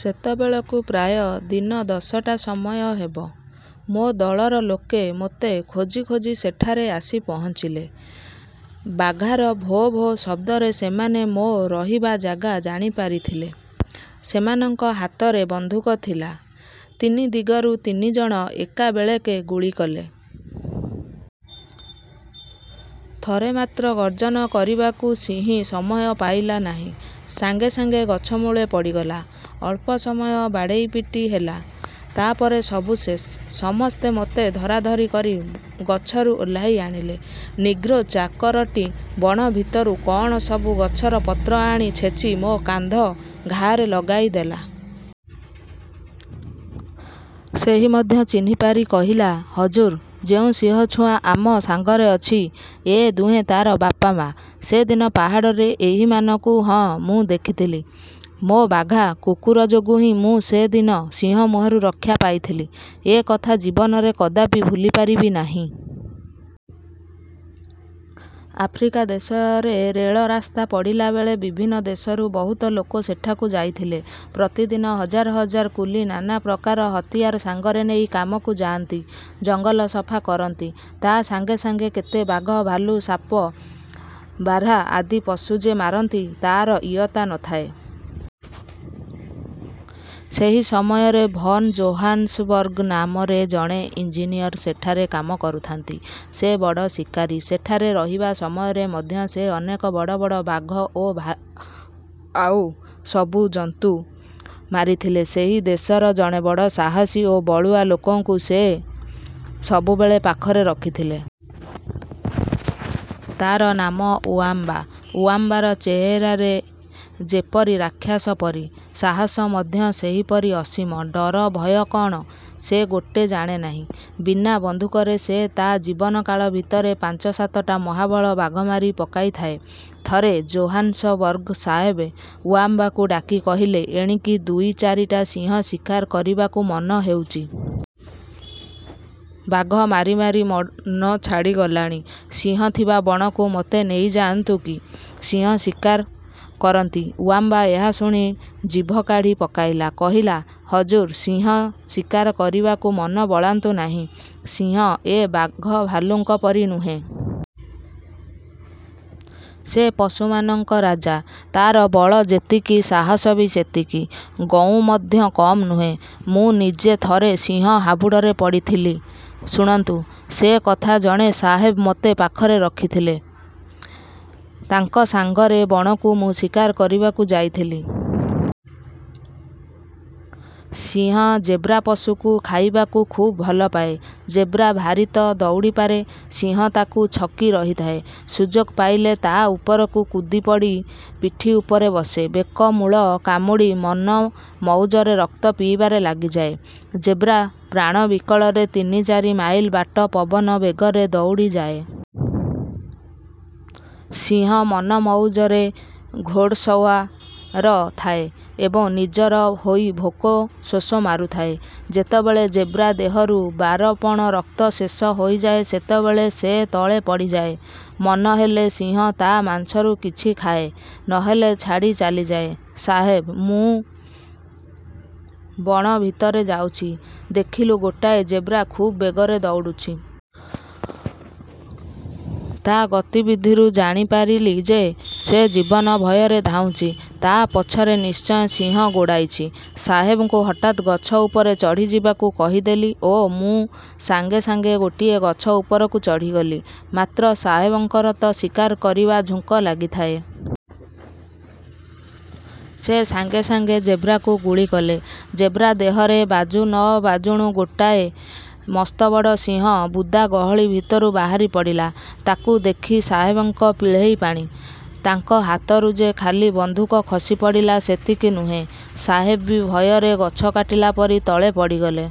ସେତେବେଳକୁ ପ୍ରାୟ ଦିନ ଦଶଟା ସମୟ ହେବ। ମୋ ଦଳର ଲୋକେ ମୋତେ ଖୋଜି ଖୋଜି ସେଠାରେ ଆସି ପହଞ୍ଚିଲେ। ବାଘାର ଭୋ ଭୋ ଶବ୍ଦରେ ସେମାନେ ମୋ ରହିବା ଜାଗା ଜାଣିପାରିଥିଲେ। ସେମାନଙ୍କ ହାତରେ ବନ୍ଧୁକ ଥିଲା। ତିନି ଦିଗରୁ ତିନି ଜଣ ଏକାବେଳେକେ ଗୁଳି କଲେ। ଥରେ ମାତ୍ର ଗର୍ଜନ କରିବାକୁ ସିଂହୀ ସମୟ ପାଇଲା ନାହିଁ। ସାଙ୍ଗେ ସାଙ୍ଗେ ଗଛମୂଳେ ପଡ଼ିଗଲା। ଅଳ୍ପ ସମୟ ବାଡ଼େଇପିଟି ହେଲା, ତା'ପରେ ସବୁ ଶେଷ। ସମସ୍ତେ ମୋତେ ଧରାଧରି କରି। ଗଛରୁ ଓହ୍ଲାଇ ଆଣିଲେ। ନିଗ୍ରୋ ଚାକରଟି ବଣ ଭିତରୁ କଅଣ ସବୁ ଗଛର ପତ୍ର ଆଣି ଛେଚି ମୋ କାନ୍ଧ ଘାଆରେ ଲଗାଇଦେଲା। ସେହି ମଧ୍ୟ ଚିହ୍ନିପାରି କହିଲା, ''ହଜୁର, ଯେଉଁ ସିଂହଛୁଆ ଆମ ସାଙ୍ଗରେ ଅଛି, ଏ ଦୁହେଁ ତା'ର ବାପ ମା। ସେଦିନ ପାହାଡ଼ରେ ଏହିମାନଙ୍କୁ ହିଁ ମୁଁ ଦେଖିଥିଲି। '' ମୋ ବାଘା କୁକୁର ଯୋଗୁଁ ହିଁ ମୁଁ ସେ ଦିନ ସିଂହମୁହଁରୁ ରକ୍ଷା ପାଇଥିଲି-ଏକଥା ଜୀବନରେ କଦାପି ଭୁଲିପାରିବି ନାହିଁ। ଆଫ୍ରିକା ଦେଶରେ ରେଳ ରାସ୍ତା ପଡ଼ିଲାବେଳେ ବିଭିନ୍ନ ଦେଶରୁ ବହୁତ ଲୋକ ସେଠାକୁ ଯାଇଥିଲେ। ପ୍ରତିଦିନ ହଜାର ହଜାର କୁଲି ନାନାପ୍ରକାର ହତିଆର ସାଙ୍ଗରେ ନେଇ କାମକୁ ଯାଆନ୍ତି। ଜଙ୍ଗଲ ସଫା କରନ୍ତି। ତା' ସାଙ୍ଗେସାଙ୍ଗେ କେତେ ବାଘ, ଭାଲୁ, ସାପ, ବାର୍ହା ଆଦି ପଶୁ ଯେ ମାରନ୍ତି, ତା'ର ଇୟତ୍ତା ନ ଥାଏ। ସେହି ସମୟରେ ଭନ୍ ଜୋହାନସବର୍ଗ ନାମରେ ଜଣେ ଇଞ୍ଜିନିୟର ସେଠାରେ କାମ କରୁଥାନ୍ତି। ସେ ବଡ଼ ଶିକାରୀ। ସେଠାରେ ରହିବା ସମୟ ମଧ୍ୟରେ ସେ ଅନେକ ବଡ଼ ବଡ଼ ବାଘ ଓ ଆଉ ସବୁ ଜନ୍ତୁ ମାରିଥିଲେ। ସେହି ଦେଶର ଜଣେ ବଡ଼ ସାହସୀ ଓ ବଳୁଆ ଲୋକକୁ ସେ ସବୁବେଳେ ପାଖରେ ରଖିଥିଲେ। ତା'ର ନାମ ଉଆମ୍ବା। ଉଆମ୍ବାର ଚେହେରା ଯେପରି ରାକ୍ଷସ ପରି, ସାହସ ମଧ୍ୟ ସେହିପରି ଅସୀମ। ଡର ଭୟ କଅଣ, ସେ ମୋଟେ ଜାଣେ ନାହିଁ। ବିନା ବନ୍ଧୁକରେ ସେ ତା' ଜୀବନ କାଳ ଭିତରେ ପାଞ୍ଚ ସାତଟା ମହାବଳ ବାଘ ମାରି ପକାଇଥାଏ। ଥରେ ଜୋହାନସବର୍ଗ ସାହେବ ଉଆମ୍ବାକୁ ଡାକି କହିଲେ, "ଏଣିକି ଦୁଇ ଚାରିଟା ସିଂହ ଶିକାର କରିବାକୁ ମନ ହେଉଛି। ବାଘ ମାରି ମାରି ମନ ଛାଡ଼ିଗଲାଣି। ସିଂହ ଥିବା ବଣକୁ ମୋତେ ନେଇଯାଆନ୍ତୁ କି, ସିଂହ ଶିକାର କରନ୍ତି। ଉଆମ୍ବା ଏହା ଶୁଣି ଜିଭ କାଢ଼ି ପକାଇଲା। କହିଲା, "ହଜୁର ସିଂହ ଶିକାର କରିବାକୁ ମନ ବଳାନ୍ତୁ ନାହିଁ। ସିଂହ ଏ ବାଘ ଭାଲୁଙ୍କ ପରି ନୁହେଁ। ସେ ପଶୁମାନଙ୍କ ରାଜା; ତା'ର ବଳ ଯେତିକି, ସାହସ ବି ସେତିକି; ଗଉଁ ମଧ୍ୟ କମ୍ ନୁହେଁ। ମୁଁ ନିଜେ ଥରେ ସିଂହ ହାବୁଡ଼ରେ ପଡ଼ିଥିଲି-। ଶୁଣନ୍ତୁ ସେ କଥା ଜଣେ ସାହେବ ମୋତେ ପାଖରେ ରଖିଥିଲେ। ତାଙ୍କ ସାଙ୍ଗରେ ବଣକୁ ମୁଁ ଶିକାର କରିବାକୁ ଯାଇଥିଲି। ସିଂହ ଜେବ୍ରା ପଶୁକୁ ଖାଇବାକୁ ଖୁବ ଭଲପାଏ। ଜେବ୍ରା ଭାରି ତ ଦଉଡ଼ିପାରେ। ସିଂହ ତାକୁ ଛକି ରହିଥାଏ। ସୁଯୋଗ ପାଇଲେ ତା' ଉପରକୁ କୁଦିପଡ଼ି ପିଠି ଉପରେ ବସେ। ବେକମୂଳ କାମୁଡ଼ି ମନମଉଜରେ ରକ୍ତ ପିଇବାରେ ଲାଗିଯାଏ। ଜେବ୍ରା ପ୍ରାଣବିକଳରେ ତିନି ଚାରି ମାଇଲ ବାଟ ପବନ ବେଗରେ ଦଉଡ଼ିଯାଏ। ସିଂହ ମନମଉଜରେ 'ଘୋଡସୱ। ର' ଥାଏ ଏବଂ ନିଜର ହୋଇ ଭୋକ ଶୋଷ ମାରୁଥାଏ। ଯେତେବେଳେ ଜେବ୍ରା ଦେହରୁ ବାରପଣ ରକ୍ତ ଶେଷ ହୋଇଯାଏ; ସେତେବେଳେ ସେ ତଳେ ପଡ଼ିଯାଏ। ମନ ହେଲେ ସିଂହ ତା' ମାଂସରୁ କିଛି ଖାଏ, ନହେଲେ ଛାଡ଼ି ଚାଲିଯାଏ। ସାହେବ ଓ ମୁଁ ବଣ ଭିତରେ ଯାଉଛୁ, ଦେଖିଲୁ ଗୋଟାଏ ଜେବ୍ରା ଖୁବ୍ ବେଗରେ ଦଉଡ଼ୁଛି। ତା' ଗତିବିଧିରୁ ମୁଁ ଜାଣିପାରିଲି ଯେ, ସେ ଜୀବନ ଭୟରେ ଧାଉଁଛି। ତା' ପଛରେ ନିଶ୍ଚୟ ସିଂହ ଗୋଡ଼ାଇଛି। ସାହେବଙ୍କୁ ହଠାତ୍ ଗଛ ଉପରେ ଚଢ଼ିଯିବାକୁ କହିଦେଲି ଓ ମୁଁ ସାଙ୍ଗେ ସାଙ୍ଗେ ଗୋଟିଏ ଗଛ ଉପରକୁ ଚଢ଼ିଗଲି। ମାତ୍ର ସାହେବଙ୍କର ତ ଶିକାର କରିବା ଝୁଙ୍କ ଲାଗିଥାଏ-। ସେ ସାଙ୍ଗେ ସାଙ୍ଗେ ଜେବ୍ରାକୁ ଗୁଳି କଲେ। ଜେବ୍ରା ଦେହରେ ବାଜୁ ନ ବାଜୁଣୁ ଗୋଟାଏ ମସ୍ତବଡ଼ ସିଂହ ବୁଦା ଗହଳି ଭିତରୁ ବାହାରିପଡ଼ିଲା। ତାକୁ ଦେଖି ସାହେବଙ୍କ ପିଳେହି ପାଣି-। ତାଙ୍କ ହାତରୁ ଯେ ଖାଲି ବନ୍ଧୁକ ଖସିପଡ଼ିଲା, ସେତିକି ନୁହେଁ; ସାହେବ ବି ଭୟରେ ଗଛ କାଟିଲା ପରି ତଳେ ପଡ଼ିଗଲେ।